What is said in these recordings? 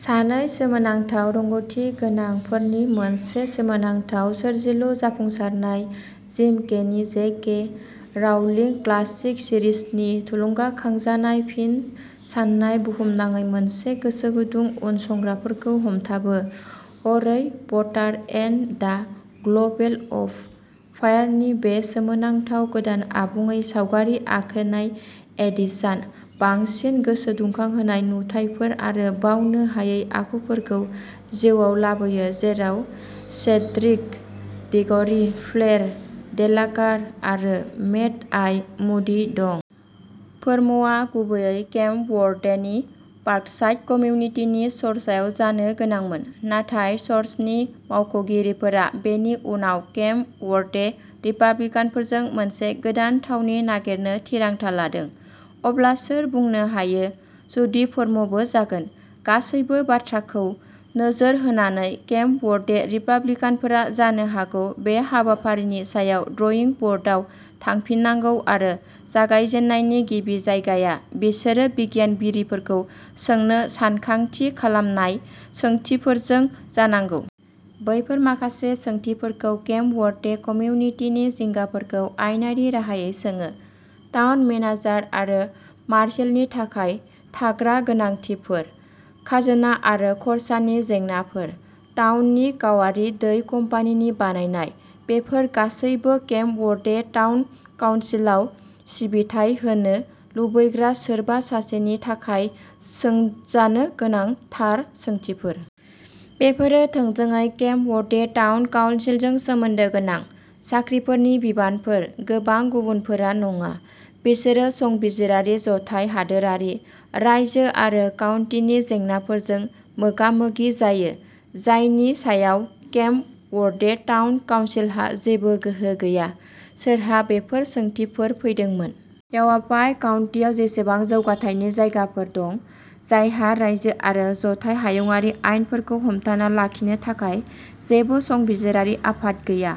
"सानै सोमोनांथाव रोंग'थि गोनांफोरनि मोनसे सोमोनांथाव सोरजिलु जाफुंसारनाय, जिम केनि जे. के. राउलिंगनि क्लासिक सिरिजनि थुलुंगाखांजानाय फिन साननाया बुहुमनाङै मोनसे गोसोगुदुं उनसंग्राफोरखौ हमथाबो। Harry Potter and the goblet of फायारनि बे सोमोनांथाव गोदान आबुङै सावगारि आखिनाय एडिशना बांसिन गोसोदुंखांहोनाय नुथायफोर आरो बावनो हायै आखुफोरखौ जिउआव लाबोयो-जेराव सेड्रिक डिग'रि, फ्लेर डेलाक'र आरो मेड-आइ मुडि दं। फोरमआ गुबैयै केम्प वर्देनि पार्कसाइड कमिउनिटि चार्चआव जानो गोनांमोन, नाथाय चार्चनि मावख'गिरिफोरा बेनि उनाव केम्प वर्दे रिपाब्लिकानफोरखौ मोनसे गोदान थावनि नागिरनो थिरांथा लादों। अब्ला सोर बुंनो हायो जुदि फोरमबो जागोन? गासैबो बाथ्राफोरखौ नोजोर होनानै, केम्प वर्दे रिपाब्लिकानफोरा जानो हागौ बे हाबाफारिनि सायाव ड्रइं बर्डआव थांफिननांगौआरो जागायजेन्नायनि गिबि जायगाया बिसोर बिनायगिरिफोरखौ सोंनो सानथांखि खालामनाय सोंथिफोरजों जानांगौ। बैफोर माखासे सोंथिफोरा केम्प वर्दे कमिउनिटिनि जिंगाफोरखौ आयेनारि महरै सोङो। टाउन मेनेजार आरो मार्शालनि थाखाय थाग्रा गोनांथिफोर। खाजोना आरो खरसानि जेंनाफोर। टाउननि गावारि दै कम्पानिफोरनि बायनाय। बेफोर गासैबो केम्प वर्दे टाउन काउन्सिलआव सिबिथाइ होनो लुबैग्रा सोरबा सासेनि थाखाय सोंजानो गोनां थार सोंथिफोर। बेफोरो थोंजोङै केम्प वर्दे टाउन काउन्सिलजों सोमोन्दो गोनां। साख्रिफोरनि बिबानफोर। गोबां गुबुनफोरा नङा। बिसोर संबिजिरारि, जथाय हादोरारि, रायजो आरो काउन्टीनि जेंनाफोरजों मोगा-मोगि जायो, जायनि सायाव केम्प वर्दे टाउन काउन्सिलहा जेबो गोहो गैया। सोरहा बेफोर सोंथिफोर फैदोंमोन? "यावापाइ काउन्टीआव बेसेबां जौगाथायनि जायगाफोर दं जायहा रायजो आरो जथाय हायुंआरि आयेनफोरखौ हमथाना लाखिनो थाखाय जेबो संबिजिरारि आफाद गैया?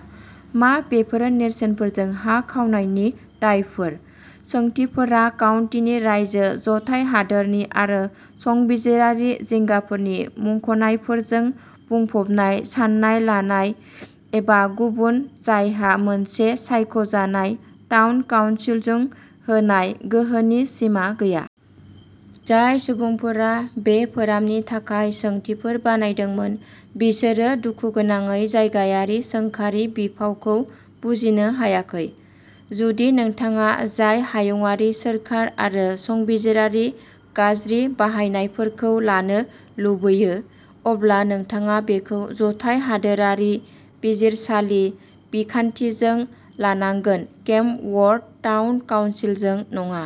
मा बेफोर नेरसोनफोरजों हा खावनायनि दायफोर? सोंथिफोरा काउन्टी, रायजो, जथाय हादोरारि आरो संबिजिरारि जिंगाफोरनि मुंख'नायफोरजों बुंफबनाय-सानना लानाय एबा गुबुन-जायहा मोनसे सायख'जानाय टाउन काउन्सिलनो होनाय गोहोनि सिमा गैया। जाय सुबुंफोरा बे फोरामनि थाखाय सोंथिफोर बानायदोंमोन बिसोर दुखुगोनाङै जायगायारि सोरखारनि बिफावखौ बुजिनो हायाखै। जुदि नोंथाङा जथाय हायुंआरि सोरखार आरो संबिजिरारि गाज्रि बाहायनायफोरखौ लानो लुगैयो, अब्ला नोंथाङा बेखौ जथाय हादोरारि बिजिरसालि बिखान्थिजों लानांगोन, केम्प वर्दे टाउन काउन्सिलजों नङा।